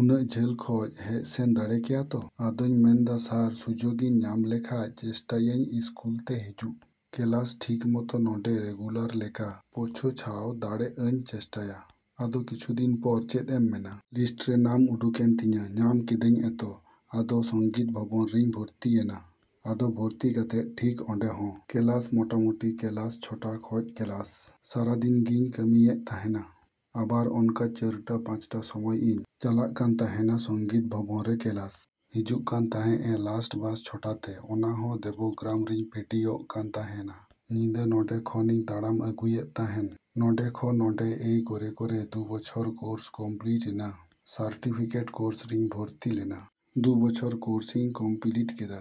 ᱩᱱᱟᱹᱜ ᱡᱷᱟᱹᱞ ᱠᱷᱚᱡ ᱦᱮᱡ ᱥᱮᱱ ᱫᱟᱲᱮ ᱠᱮᱭᱟ ᱛᱚ? ᱟᱫᱚᱧ ᱢᱮᱱᱫᱟ, ᱥᱟᱨ, ᱥᱩᱡᱳᱜ ᱤᱧ ᱧᱟᱢ ᱞᱮᱠᱷᱟᱡ ᱪᱮᱥᱴᱟᱭᱟᱹᱧ ᱤᱥᱠᱩᱞ ᱛᱮ ᱦᱤᱡᱩᱜ᱾ ᱠᱮᱞᱟᱥ ᱴᱷᱤᱠ ᱢᱚᱛᱚ ᱱᱚᱰᱮ ᱨᱮᱜᱩᱞᱟᱨ ᱞᱮᱠᱟ ᱯᱳᱪᱷᱳᱪᱷᱟᱣ ᱫᱟᱲᱮᱜ ᱟᱹᱧ ᱪᱮᱥᱴᱟᱭᱟ᱾ ᱟᱫᱚ ᱠᱤᱪᱷᱩ ᱫᱤᱱ ᱯᱚᱨ ᱪᱮᱫ ᱮᱢ ᱢᱮᱱᱟ? ᱞᱤᱥᱴ ᱨᱮ ᱱᱟᱢ ᱩᱰᱩᱠᱮᱱ ᱛᱤᱧᱟ᱾ ᱧᱟᱢ ᱠᱮᱫᱟᱧ ᱮᱛᱚ᱾ ᱟᱫᱚ ᱥᱚᱝᱜᱤᱛ ᱵᱷᱚᱵᱚᱱ ᱨᱤᱧ ᱵᱷᱚᱨᱛᱤ ᱭᱮᱱᱟ᱾ ᱟᱫᱚ ᱵᱷᱚᱨᱛᱤ ᱠᱟᱛᱮᱜ ᱴᱷᱤᱠ ᱚᱱᱰᱮ ᱦᱚᱸ ᱠᱮᱞᱟᱥ ᱢᱳᱴᱟᱢᱩᱴᱤ ᱠᱮᱞᱟᱥ ᱪᱷᱚᱴᱟ ᱠᱷᱚᱡ ᱠᱮᱞᱟᱥ᱾ ᱥᱟᱨᱟᱫᱤᱱ ᱜᱤᱧ ᱠᱟᱹᱢᱤᱭᱮᱜ ᱛᱟᱸᱦᱮᱱᱟ᱾ ᱟᱵᱟᱨ ᱚᱱᱠᱟ ᱪᱟᱹᱨᱴᱟ ᱯᱟᱸᱪᱴᱟ ᱥᱚᱢᱚᱭ ᱤᱧ ᱪᱟᱞᱟᱜ ᱠᱟᱱ ᱛᱟᱸᱦᱮᱱᱟ ᱥᱚᱝᱜᱤᱛ ᱵᱷᱚᱵᱚᱱᱨᱮ ᱠᱮᱞᱟᱥ᱾ ᱦᱤᱡᱩᱜ ᱠᱟᱱ ᱛᱟᱸᱦᱮᱜ-ᱮ ᱞᱟᱥᱴ ᱵᱟᱥ ᱪᱷᱚᱴᱟ ᱛᱮ᱾ ᱚᱱᱟᱦᱚᱸ ᱫᱮᱵᱚᱜᱨᱟᱢ ᱨᱤᱧ ᱯᱷᱮᱰᱤᱚᱜ ᱠᱟᱱ ᱛᱟᱸᱦᱮᱱᱟ᱾ ᱧᱤᱫᱟᱹ ᱱᱚᱰᱮ ᱠᱷᱚᱱ ᱤᱧ ᱛᱟᱲᱟᱢ ᱟᱹᱜᱩᱭᱮᱜ ᱛᱟᱸᱦᱮᱱ᱾ ᱱᱚᱰᱮ ᱠᱷᱚᱱ ᱱᱚᱰᱮ ᱮᱭ ᱠᱚᱨᱮ ᱠᱚᱨᱮ ᱫᱩ ᱵᱚᱪᱷᱚᱨ ᱠᱳᱨᱥ ᱠᱚᱢᱯᱤᱞᱤᱴ ᱮᱱᱟ᱾ ᱥᱟᱨᱴᱤᱯᱷᱤᱠᱮᱴ ᱠᱳᱨᱥ ᱨᱤᱧ ᱵᱷᱚᱨᱛᱤ ᱞᱮᱱᱟ᱾ ᱫᱩ ᱵᱚᱪᱷᱚᱨ ᱠᱳᱨᱥ ᱤᱧ ᱠᱳᱢᱯᱤᱞᱤᱴ ᱠᱮᱫᱟ᱾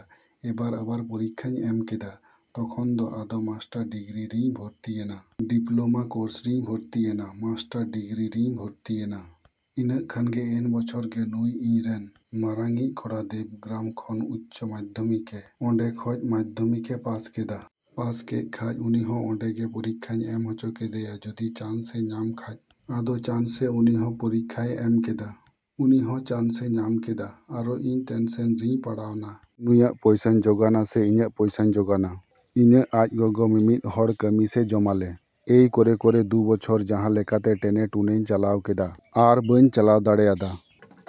ᱮᱵᱟᱨ ᱟᱵᱟᱨ ᱯᱚᱨᱤᱠᱠᱷᱟᱧ ᱮᱢ ᱠᱮᱫᱟ᱾ ᱛᱚᱠᱷᱚᱱ ᱫᱚ ᱟᱫᱚ ᱢᱟᱥᱴᱟᱨ ᱰᱤᱜᱽᱨᱤ ᱨᱤᱧ ᱵᱷᱚᱨᱛᱤᱭᱮᱱᱟ᱾ ᱰᱤᱯᱞᱳᱢᱟ ᱠᱳᱨᱥ ᱨᱤᱧ ᱵᱷᱚᱨᱛᱤᱭᱮᱱᱟ᱾ ᱢᱟᱥᱴᱟᱨ ᱰᱤᱜᱽᱨᱤ ᱨᱤᱧ ᱵᱷᱚᱨᱛᱤ ᱭᱮᱱᱟ᱾ ᱤᱱᱟᱹᱜ ᱠᱷᱟᱱᱜᱮ ᱮᱱ ᱵᱚᱪᱷᱚᱨᱜᱮ ᱱᱩᱭ ᱤᱧ ᱨᱮᱱ ᱢᱟᱨᱟᱝ ᱤᱪ ᱠᱚᱲᱟ ᱫᱮᱵᱜᱨᱟᱢ ᱠᱷᱚᱱ ᱩᱪᱪᱚ ᱢᱟᱫᱽᱫᱷᱚᱢᱤᱠ ᱮ, ᱚᱱᱰᱮ ᱠᱷᱚᱡ ᱢᱟᱫᱽᱫᱷᱚᱢᱤᱠ ᱮ ᱯᱟᱥ ᱠᱮᱫᱟ᱾ ᱯᱟᱥ ᱠᱮᱜ ᱠᱷᱟᱡ ᱩᱱᱤᱦᱚᱸ ᱚᱱᱰᱮ ᱜᱮ ᱯᱚᱨᱤᱠᱠᱷᱟᱧ ᱮᱢ ᱦᱚᱪᱚ ᱠᱮᱫᱮᱭᱟ ᱡᱚᱫᱤ ᱪᱟᱱᱥ ᱮ ᱧᱟᱢ ᱠᱷᱟᱡ᱾ ᱟᱫᱚ ᱪᱟᱱᱥᱮ ᱩᱱᱤ ᱦᱚᱸ ᱯᱚᱨᱤᱠᱠᱷᱟᱭ ᱮᱢ ᱠᱮᱫᱟ᱾ ᱩᱱᱤ ᱦᱚᱸ ᱪᱟᱱᱥ ᱮ ᱧᱟᱢ ᱠᱮᱫᱟ᱾ ᱟᱨᱚ ᱤᱧ ᱴᱮᱱᱥᱮᱱ ᱨᱤᱧ ᱯᱟᱲᱟᱣᱱᱟ᱾ ᱱᱩᱭᱟᱜ ᱯᱚᱭᱥᱟᱧ ᱡᱚᱜᱟᱲᱟ ᱥᱮ ᱤᱧᱟᱹᱜ ᱯᱚᱭᱥᱟᱧ ᱡᱚᱜᱟᱲᱟ? ᱤᱧᱟᱹᱜ ᱟᱡ ᱜᱚᱜᱚ ᱢᱤᱢᱤᱫ ᱦᱚᱲ ᱠᱟᱹᱢᱤ ᱥᱮ ᱡᱚᱢᱟᱞᱮ᱾ ᱮᱭ ᱠᱚᱨᱮ ᱠᱚᱨᱮ ᱫᱩ ᱵᱚᱪᱷᱚᱨ ᱡᱟᱸᱦᱟ ᱞᱮᱠᱟᱛᱮ ᱴᱮᱱᱮ ᱴᱩᱱᱮᱧ ᱪᱟᱞᱟᱣ ᱠᱮᱫᱟ ᱟᱨ ᱵᱟᱹᱧ ᱪᱟᱞᱟᱣ ᱫᱟᱲᱮ ᱟᱫᱟ᱾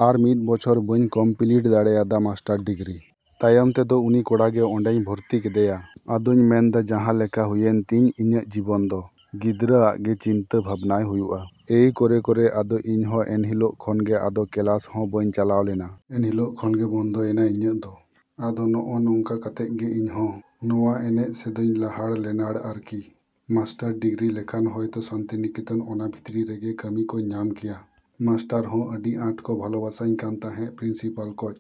ᱟᱨ ᱢᱤᱫ ᱵᱚᱪᱷᱚᱨ ᱵᱟᱹᱧ ᱠᱚᱢᱯᱤᱞᱤᱴ ᱫᱟᱲᱮᱭᱟᱫᱟ ᱢᱟᱥᱴᱟᱨ ᱰᱤᱜᱽᱨᱤ᱾ ᱛᱟᱭᱚᱢ ᱛᱮᱫᱚ ᱩᱱᱤ ᱠᱚᱲᱟᱜᱮ ᱚᱱᱰᱮᱧ ᱵᱷᱚᱨᱛᱤ ᱠᱮᱫᱮᱭᱟ᱾ ᱟᱫᱚᱧ ᱢᱮᱱᱫᱟ, ᱡᱟᱸᱦᱟ ᱞᱮᱠᱟ ᱦᱩᱭᱮᱱᱛᱤᱧ ᱤᱧᱟᱹᱜ ᱡᱤᱵᱚᱱ ᱫᱚ, ᱜᱤᱫᱽᱨᱟᱹ ᱟᱜ ᱜᱮ ᱪᱤᱱᱛᱟ ᱵᱷᱟᱵᱽᱱᱟᱭ ᱦᱩᱭᱩᱜ-ᱟ᱾ ᱮᱭ ᱠᱚᱨᱮ ᱠᱚᱨᱮ ᱟᱫᱚ ᱤᱧᱦᱚᱸ ᱮᱱᱦᱤᱞᱳᱜ ᱠᱷᱚᱱᱜᱮ ᱟᱫᱚ ᱠᱮᱞᱟᱥ ᱦᱚᱸ ᱵᱟᱹᱧ ᱪᱟᱞᱟᱣ ᱞᱮᱱᱟ᱾ ᱮᱱᱦᱤᱞᱳᱜ ᱠᱷᱚᱱᱜᱮ ᱵᱚᱱᱫᱚᱭ ᱮᱱᱟ ᱤᱧᱟᱹᱜ ᱫᱚ᱾ ᱟᱫᱚ ᱱᱚᱜ ᱚ ᱱᱚᱝᱠᱟ ᱠᱟᱛᱮᱜ ᱜᱮ ᱤᱧᱦᱚᱸ ᱱᱚᱣᱟ ᱮᱱᱮᱡ ᱥᱮᱫᱚᱧ ᱞᱟᱦᱟᱲ ᱞᱮᱱᱟᱲ ᱟᱨᱠᱤ᱾ ᱢᱟᱥᱴᱟᱨ ᱰᱤᱜᱽᱨᱤ ᱞᱮᱠᱷᱟᱱ ᱦᱳᱭᱛᱳ ᱥᱟᱱᱛᱤᱱᱤᱠᱮᱛᱚᱱ ᱚᱱᱟ ᱵᱷᱤᱛᱨᱤ ᱨᱮᱜᱮ ᱠᱟᱹᱢᱤ ᱠᱚᱧ ᱧᱟᱢ ᱠᱮᱭᱟ᱾ ᱢᱟᱥᱴᱟᱨ ᱦᱚᱸ ᱟᱹᱰᱤ ᱟᱸᱴ ᱠᱚ ᱵᱷᱟᱞᱳᱵᱟᱥᱟᱧ ᱠᱟᱱ ᱛᱟᱸᱦᱮᱜ ᱯᱨᱤᱱᱥᱤᱯᱟᱞ ᱠᱚᱡ᱾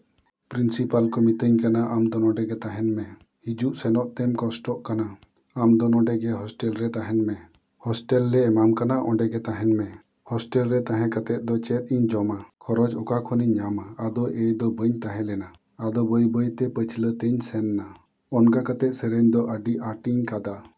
ᱯᱨᱤᱱᱥᱤᱯᱟᱞ ᱠᱚ ᱢᱤᱛᱟᱹᱧ ᱠᱟᱱᱟ, ᱟᱢ ᱫᱚ ᱱᱚᱰᱮᱜᱮ ᱛᱟᱸᱦᱮᱱ ᱢᱮ᱾ ᱦᱤᱡᱩᱜ ᱥᱮᱱᱚᱜ ᱛᱮᱢ ᱠᱚᱥᱴᱚᱜ ᱠᱟᱱᱟ᱾ ᱟᱢ ᱫᱚ ᱱᱚᱰᱮ ᱜᱮ ᱦᱚᱥᱴᱮᱞ ᱨᱮ ᱛᱟᱸᱦᱮᱱ ᱢᱮ᱾ ᱦᱚᱥᱴᱮᱞᱞᱮ ᱮᱢᱟᱢ ᱠᱟᱱᱟ᱾ ᱚᱱᱰᱮ ᱜᱮ ᱛᱟᱸᱦᱮᱱ ᱢᱮ᱾ᱦᱚᱥᱴᱮᱞᱨᱮ ᱛᱟᱸᱦᱮ ᱠᱟᱛᱮᱜ ᱫᱚ ᱪᱮᱫ ᱤᱧ ᱡᱚᱢᱟ? ᱠᱷᱚᱨᱚᱪ ᱚᱠᱟ ᱠᱷᱚᱱᱤᱧ ᱧᱟᱢᱟ? ᱟᱫᱚ ᱮᱭ ᱫᱚ ᱵᱟᱹᱧ ᱛᱟᱸᱦᱮ ᱞᱮᱱᱟ᱾ ᱟᱫᱚ ᱵᱟᱹᱭ ᱵᱟᱹᱭᱛᱮ ᱯᱟᱹᱪᱷᱞᱟᱹ ᱛᱮᱧ ᱥᱮᱱᱱᱟ᱾ ᱚᱱᱠᱟ ᱠᱟᱛᱮᱜ ᱥᱮᱨᱮᱧ ᱫᱚ ᱟᱹᱰᱤ ᱟᱸᱴᱤᱧ ᱠᱟᱫᱟ᱾